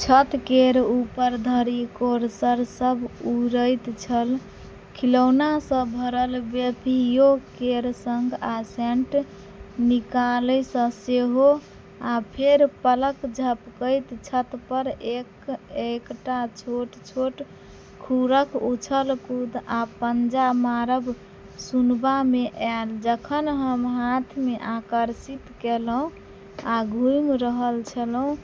छत केर ऊपर धरि कोर्सर सभ उड़ैत छल, खिलौनासँ भरल बेपहियों केर संग, आ सेंट निकोलस सेहो। आ फेर पलक झपकैत छतपर एक-एकटा छोट-छोट खुरक उछल-कूद आ पंजा मारब सुनबामे आयल। जखन हम हाथमे आकर्षित केलहुँ, आ घुमि रहल छलहुँ,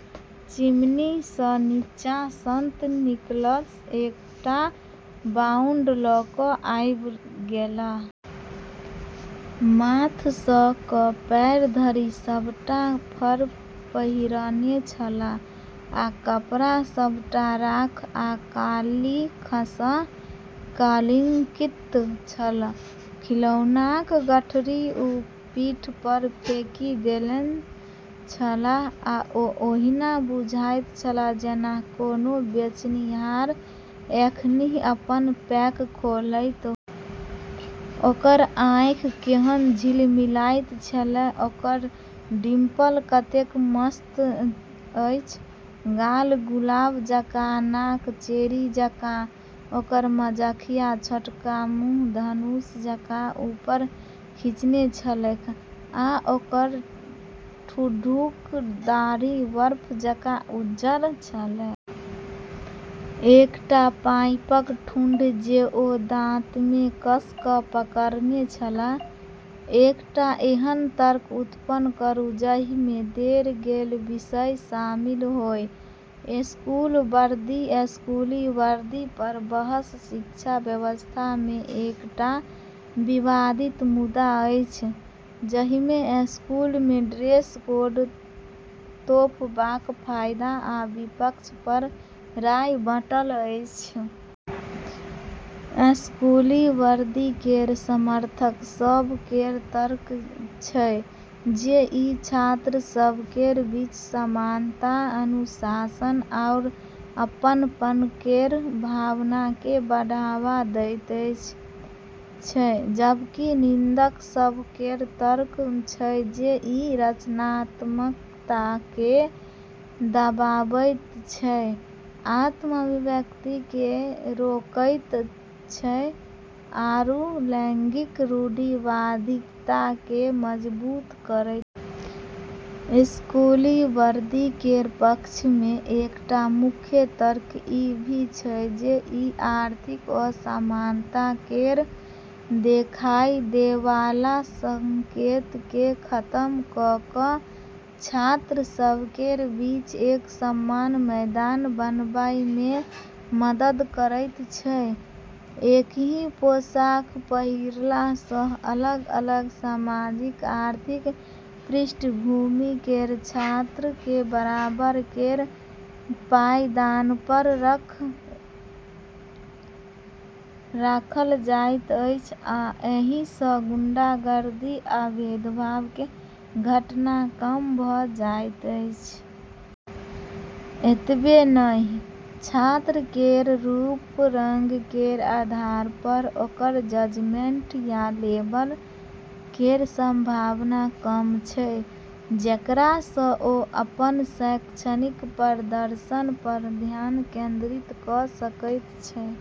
चिमनीसँ नीचाँ संत निकोलस एकटा बाउंड लऽ कऽ आबि गेलाह। माथसँ लऽ कऽ पैर धरि सभटा फर पहिरने छलाह, आ कपड़ा सभटा राख आ कालिखसँ कलंकित छल। खिलौनाक गठरी ओ पीठपर फेकि देने छलाह, आ ओ ओहिना बुझाइत छल जेना कोनो बेचनिहार एखनहि अपन पैक खोलैत होए। ओकर आँखि केहन झिलमिलाइत छलैक! ओकर डिंपल कतेक मस्त अछि! गाल गुलाब जकाँ, नाक चेरी जकाँ! ओकर मजाकिया छोटका मुँह धनुष जकाँ ऊपर खींचने छलैक, आ ओकर ठुड्डीक दाढ़ी बर्फ जकाँ उज्जर छलैक। एकटा पाइपक ठूंठ जे ओ दाँतमे कस कऽ पकड़ने छलाह। एकटा एहन तर्क उत्पन्न करू जाहिमे देल गेल विषय शामिल होए। स्कूल वर्दी: स्कूली वर्दीपर बहस शिक्षा व्यवस्थामे एकटा विवादित मुद्दा अछि, जाहिमे स्कूलमे ड्रेस कोड थोपबाक फायदा आ विपक्षपर राय बंटल अछि। स्कूली वर्दी केर समर्थक सभ केर तर्क छै जे ई छात्र सभ केर बीच समानता, अनुशासन आरू अपनपन केर भावनाकेँ बढ़ावा दैत छै, जबकि निंदक सभ केर तर्क छै जे ई रचनात्मकताकेँ दबाबैत छै, आत्म-अभिव्यक्तिकेँ रोकैत छै आरू लैंगिक रूढ़िवादिताकेँ मजबूत करैत छै। स्कूली वर्दी केर पक्षमे एकटा मुख्य तर्क ई भी छै जे ई आर्थिक असमानता केर देखाय दैवाला संकेतकेँ खतम कऽ कऽ छात्र सभ केर बीच एक समान मैदान बनाबैमे मदद करैत छै। एकहि पोशाक पहिरलासँ अलग-अलग सामाजिक-आर्थिक पृष्ठभूमि केर छात्रकेँ बराबर केर पायदानपर राखल जाइत अछि आ एहिसँ गुंडागर्दी आ भेदभाव केर घटना कम भऽ जाइत अछि। एतबे नहि, छात्र केर रूप-रंग केर आधारपर ओकर जजमेंट या लेबल केर संभावना कम छै, जेकरासँ ओ अपन शैक्षणिक प्रदर्शनपर ध्यान केंद्रित कऽ सकैत छै।